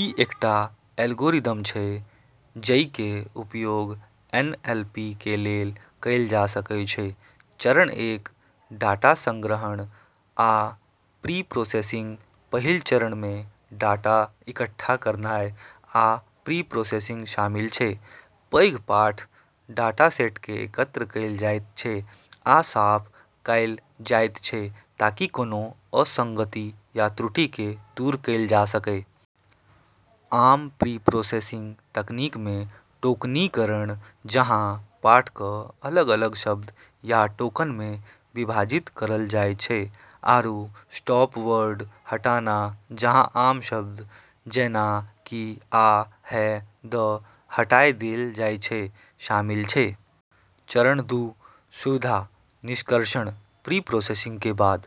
इ एकटा एल्गोरिदम छै जइ के उपयोग एनएलपी के लेल कैल जा सकय छै: चरण एक: डाटा संग्रहण आ प्रीप्रोसेसिंग पहिल चरण मे डाटा इकट्ठा करनाय आ प्रीप्रोसेसिंग शामिल छै। पैघ पाठ डाटासेट के एकत्र कैल जायत छै आ साफ कैल जायत छै, ताकि कोनों असंगति या त्रुटि के दूर कैल जा सकय। आम प्रीप्रोसेसिंग तकनीक मे टोकनीकरण, जहाँ पाठ क अलग-अलग शब्द या टोकन मे विभाजित करल जाय छै, आरू स्टॉप-वर्ड हटाना, जहाँ आम शब्द जैना कि 'आ', 'है', 'द' हटाय देल जाय छै, शामिल छै। चरण दू: सुविधा निष्कर्षण प्रीप्रोसेसिंग के बाद,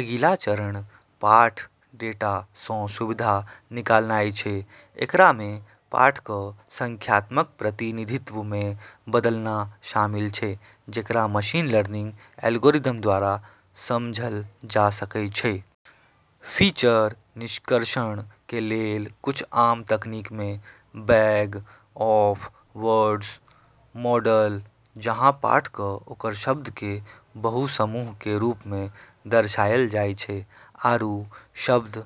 अगिला चरण पाठ डेटा सं सुविधा निकालनाय छै। एकरा मे पाठ क संख्यात्मक प्रतिनिधित्व मे बदलना शामिल छै जेकरा मशीन लर्निंग एल्गोरिदम द्वारा समझल जा सकै छै। फीचर निष्कर्षण के लेल कुछ आम तकनीक मे बैग-ऑफ-वर्ड्स मॉडल, जहाँ पाठ क ओकर शब्द के बहुसमूह के रूप मे दर्शायल जाय छै, आरू शब्द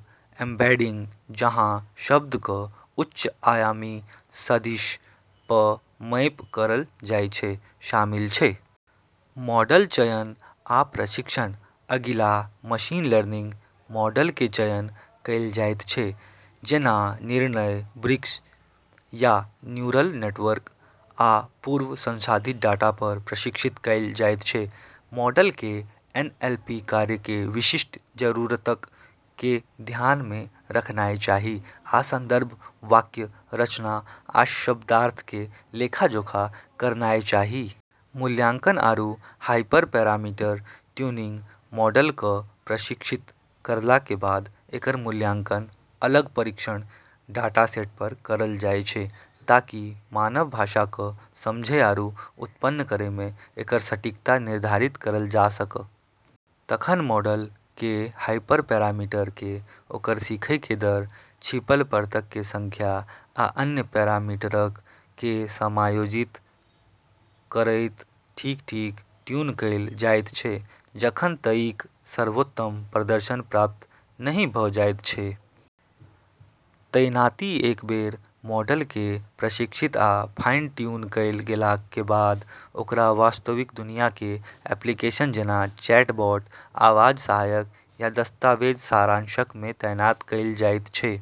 एम्बेडिंग, जहाँ शब्द क उच्च-आयामी सदिश प मैप करल जाय छै, शामिल छै। मॉडल चयन आ प्रशिक्षण अगिला, मशीन लर्निंग मॉडल के चयन कैल जैत छै, जेना निर्णय वृक्ष, या न्यूरल नेटवर्क, आ पूर्व संसाधित डाटा पर प्रशिक्षित कैल जैत छै। मॉडल के एनएलपी कार्य के विशिष्ट जरूरतक के ध्यान मे रखनाय चाही, आ संदर्भ, वाक्य रचना, आ शब्दार्थ के लेखा-जोखा करनाय चाही। मूल्यांकन आरू हाइपरपैरामीटर ट्यूनिंग मॉडल क प्रशिक्षित करला के बाद एकर मूल्यांकन अलग परीक्षण डाटासेट प करल जाय छै ताकि मानव भाषा क समझै आरू उत्पन्न करै मे एकर सटीकता निर्धारित करल जा सक। तखन मॉडल के हाइपरपैरामीटर के ओकर सीखय के दर, छिपल परतक के संख्या, आ अन्य पैरामीटरक के समायोजित करयत ठीक-ठीक ट्यून कैल जायत छै, जखन तइक सर्वोत्तम प्रदर्शन प्राप्त नहि भ जायत छै। तैनाती एक बेर मॉडल के प्रशिक्षित आ फाइन-ट्यून कैल गेलाक के बाद, ओकरा वास्तविक दुनिया के एप्लीकेशन जेना चैटबॉट, आवाज सहायक, या दस्तावेज सारांशक मे तैनात कैल जायत छै।